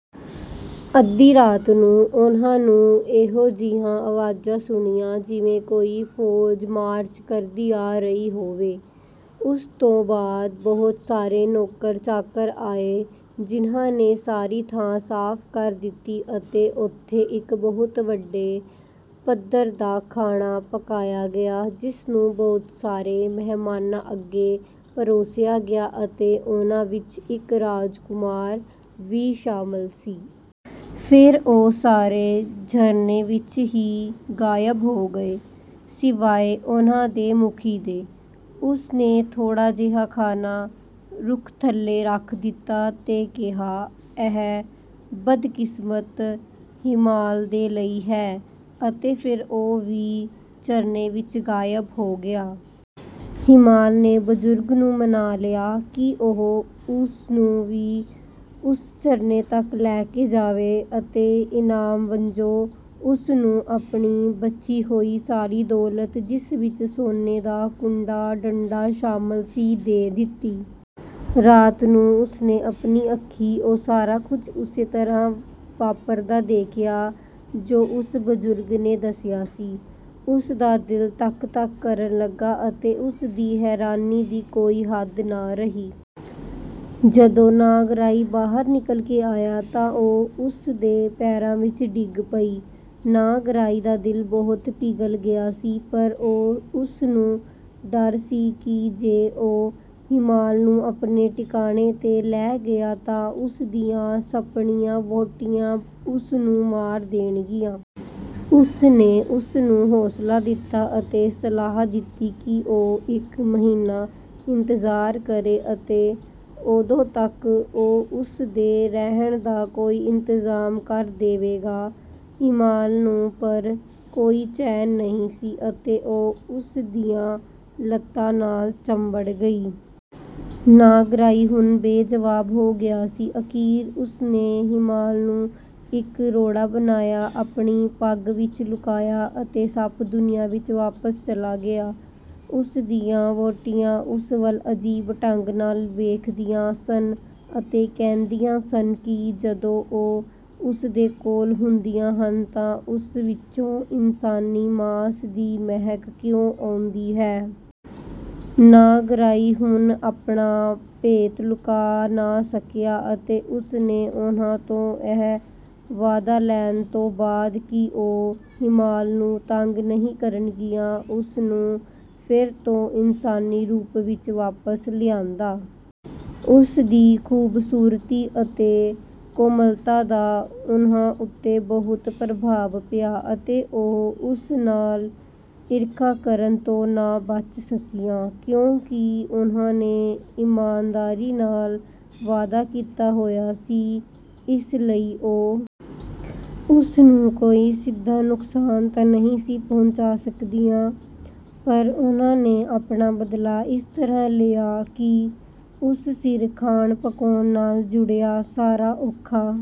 ਅੱਧੀ ਰਾਤ ਨੂੰ ਉਨ੍ਹਾਂ ਨੂੰ ਇਹੋ ਜਿਹੀਆਂ ਆਵਾਜ਼ਾਂ ਸੁਣੀਆਂ ਜਿਵੇਂ ਕੋਈ ਫ਼ੌਜ ਮਾਰਚ ਕਰਦੀ ਆ ਰਹੀ ਹੋਵੇ। ਉਸ ਤੋਂ ਬਾਅਦ ਬਹੁਤ ਸਾਰੇ ਨੌਕਰ-ਚਾਕਰ ਆਏ ਜਿਨ੍ਹਾਂ ਨੇ ਸਾਰੀ ਥਾਂ ਸਾਫ਼ ਕਰ ਦਿੱਤੀ ਅਤੇ ਉੱਥੇ ਇੱਕ ਬਹੁਤ ਵੱਡੇ ਪੱਧਰ ਦਾ ਖਾਣਾ ਪਕਾਇਆ ਗਿਆ, ਜਿਸ ਨੂੰ ਬਹੁਤ ਸਾਰੇ ਮਹਿਮਾਨਾਂ ਅੱਗੇ ਪਰੋਸਿਆ ਗਿਆ ਅਤੇ ਉਨ੍ਹਾਂ ਵਿੱਚ ਇੱਕ ਰਾਜਕੁਮਾਰ ਵੀ ਸ਼ਾਮਲ ਸੀ। ਫਿਰ ਉਹ ਸਾਰੇ ਝਰਨੇ ਵਿੱਚ ਹੀ ਗਾਇਬ ਹੋ ਗਏ, ਸਿਵਾਏ ਉਨ੍ਹਾਂ ਦੇ ਮੁਖੀ ਦੇ। ਉਸ ਨੇ ਥੋੜ੍ਹਾ ਜਿਹਾ ਖਾਣਾ ਰੁੱਖ ਥੱਲੇ ਰੱਖ ਦਿੱਤਾ ਤੇ ਕਿਹਾ, "ਇਹ ਬਦਕਿਸਮਤ ਹੀਮਾਲ ਦੇ ਲਈ ਹੈ।" ਅਤੇ ਫਿਰ ਉਹ ਵੀ ਝਰਨੇ ਵਿੱਚ ਗਾਇਬ ਹੋ ਗਿਆ। ਹੀਮਾਲ ਨੇ ਬਜ਼ੁਰਗ ਨੂੰ ਮਨਾ ਲਿਆ ਕਿ ਉਹ ਉਸ ਨੂੰ ਵੀ ਉਸ ਝਰਨੇ ਤੱਕ ਲੈ ਕੇ ਜਾਵੇ ਅਤੇ ਇਨਾਮ ਵਜੋਂ ਉਸ ਨੂੰ ਆਪਣੀ ਬਚੀ ਹੋਈ ਸਾਰੀ ਦੌਲਤ, ਜਿਸ ਵਿੱਚ ਸੋਨੇ ਦਾ ਕੂੰਡਾ-ਡੰਡਾ ਸ਼ਾਮਲ ਸੀ, ਦੇ ਦਿੱਤੀ। ਰਾਤ ਨੂੰ ਉਸ ਨੇ ਆਪਣੀ ਅੱਖੀਂ ਉਹ ਸਾਰਾ ਕੁਝ ਉਸੇ ਤਰ੍ਹਾਂ ਵਾਪਰਦਾ ਦੇਖਿਆ ਜੋ ਉਸ ਬਜ਼ੁਰਗ ਨੇ ਦੱਸਿਆ ਸੀ। ਉਸ ਦਾ ਦਿਲ ਧੱਕ-ਧੱਕ ਕਰਨ ਲੱਗਾ ਅਤੇ ਉਸ ਦੀ ਹੈਰਾਨੀ ਦੀ ਕੋਈ ਹੱਦ ਨਾ ਰਹੀ। ਜਦੋਂ ਨਾਗਰਾਇ ਬਾਹਰ ਨਿਕਲ ਕੇ ਆਇਆ ਤਾਂ ਉਹ ਉਸ ਦੇ ਪੈਰਾਂ ਵਿੱਚ ਡਿੱਗ ਪਈ। ਨਾਗਰਾਇ ਦਾ ਦਿਲ ਬਹੁਤ ਪਿਘਲ ਗਿਆ ਸੀ ਪਰ ਓਹ ਉਸ ਨੂੰ ਡਰ ਸੀ ਕਿ ਜੇ ਉਹ ਹੀਮਾਲ ਨੂੰ ਆਪਣੇ ਟਿਕਾਣੇ 'ਤੇ ਲੈ ਗਿਆ ਤਾਂ ਉਸ ਦੀਆਂ ਸੱਪਣੀਆਂ-ਵਹੁਟੀਆਂ ਉਸ ਨੂੰ ਮਾਰ ਦੇਣਗੀਆਂ। ਉਸ ਨੇ ਉਸ ਨੂੰ ਹੌਸਲਾ ਦਿੱਤਾ ਅਤੇ ਸਲਾਹ ਦਿੱਤੀ ਕਿ ਉਹ ਇੱਕ ਮਹੀਨਾ ਇੰਤਜ਼ਾਰ ਕਰੇ ਅਤੇ ਉਦੋਂ ਤੱਕ ਉਹ ਉਸ ਦੇ ਰਹਿਣ ਦਾ ਕੋਈ ਇੰਤਜ਼ਾਮ ਕਰ ਦੇਵੇਗਾ। ਹੀਮਾਲ ਨੂੰ ਪਰ ਕੋਈ ਚੈਨ ਨਹੀਂ ਸੀ ਅਤੇ ਉਹ ਉਸ ਦੀਆਂ ਲੱਤਾਂ ਨਾਲ ਚੰਬੜ ਗਈ। ਨਾਗਰਾਇ ਹੁਣ ਬੇਜਵਾਬ ਹੋ ਗਿਆ ਸੀ। ਅਖੀਰ ਉਸ ਨੇ ਹੀਮਾਲ ਨੂੰ ਇੱਕ ਰੋੜਾ ਬਣਾਇਆ, ਆਪਣੀ ਪੱਗ ਵਿੱਚ ਲੁਕਾਇਆ ਅਤੇ ਸੱਪ-ਦੁਨੀਆ ਵਿੱਚ ਵਾਪਸ ਚਲਾ ਗਿਆ। ਉਸ ਦੀਆਂ ਵਹੁਟੀਆਂ ਉਸ ਵੱਲ ਅਜੀਬ ਢੰਗ ਨਾਲ ਵੇਖਦੀਆਂ ਸਨ ਅਤੇ ਕਹਿੰਦੀਆਂ ਸਨ ਕਿ ਜਦੋਂ ਉਹ ਉਸ ਦੇ ਕੋਲ ਹੁੰਦੀਆਂ ਹਨ ਤਾਂ ਉਸ ਵਿੱਚੋਂ ਇਨਸਾਨੀ ਮਾਸ ਦੀ ਮਹਿਕ ਕਿਉਂ ਆਉਂਦੀ ਹੈ। ਨਾਗਰਾਇ ਹੁਣ ਆਪਣਾ ਭੇਤ ਲੁਕਾ ਨਾ ਸਕਿਆ ਅਤੇ ਉਸ ਨੇ ਉਨ੍ਹਾਂ ਤੋਂ ਇਹ ਵਾਅਦਾ ਲੈਣ ਤੋਂ ਬਾਅਦ ਕਿ ਉਹ ਹੀਮਾਲ ਨੂੰ ਤੰਗ ਨਹੀਂ ਕਰਨਗੀਆਂ, ਉਸ ਨੂੰ ਫਿਰ ਤੋਂ ਇਨਸਾਨੀ ਰੂਪ ਵਿੱਚ ਵਾਪਸ ਲਿਆਂਦਾ। ਉਸ ਦੀ ਖ਼ੂਬਸੂਰਤੀ ਅਤੇ ਕੋਮਲਤਾ ਦਾ ਉਨ੍ਹਾਂ ਉੱਤੇ ਬਹੁਤ ਪ੍ਰਭਾਵ ਪਿਆ ਅਤੇ ਉਹ ਉਸ ਨਾਲ ਈਰਖਾ ਕਰਨ ਤੋਂ ਨਾ ਬਚ ਸਕੀਆਂ। ਕਿਉਂਕਿ ਉਨ੍ਹਾਂ ਨੇ ਇਮਾਨਦਾਰੀ ਨਾਲ ਵਾਅਦਾ ਕੀਤਾ ਹੋਇਆ ਸੀ, ਇਸ ਲਈ ਉਹ ਉਸ ਨੂੰ ਕੋਈ ਸਿੱਧਾ ਨੁਕਸਾਨ ਤਾਂ ਨਹੀਂ ਸੀ ਪਹੁੰਚਾ ਸਕਦੀਆਂ, ਪਰ ਉਨ੍ਹਾਂ ਨੇ ਆਪਣਾ ਬਦਲਾ ਇਸ ਤਰ੍ਹਾਂ ਲਿਆ ਕਿ ਉਸ ਸਿਰ ਖਾਣ-ਪਕਾਉਣ ਨਾਲ ਜੁੜਿਆ ਸਾਰਾ ਔਖਾ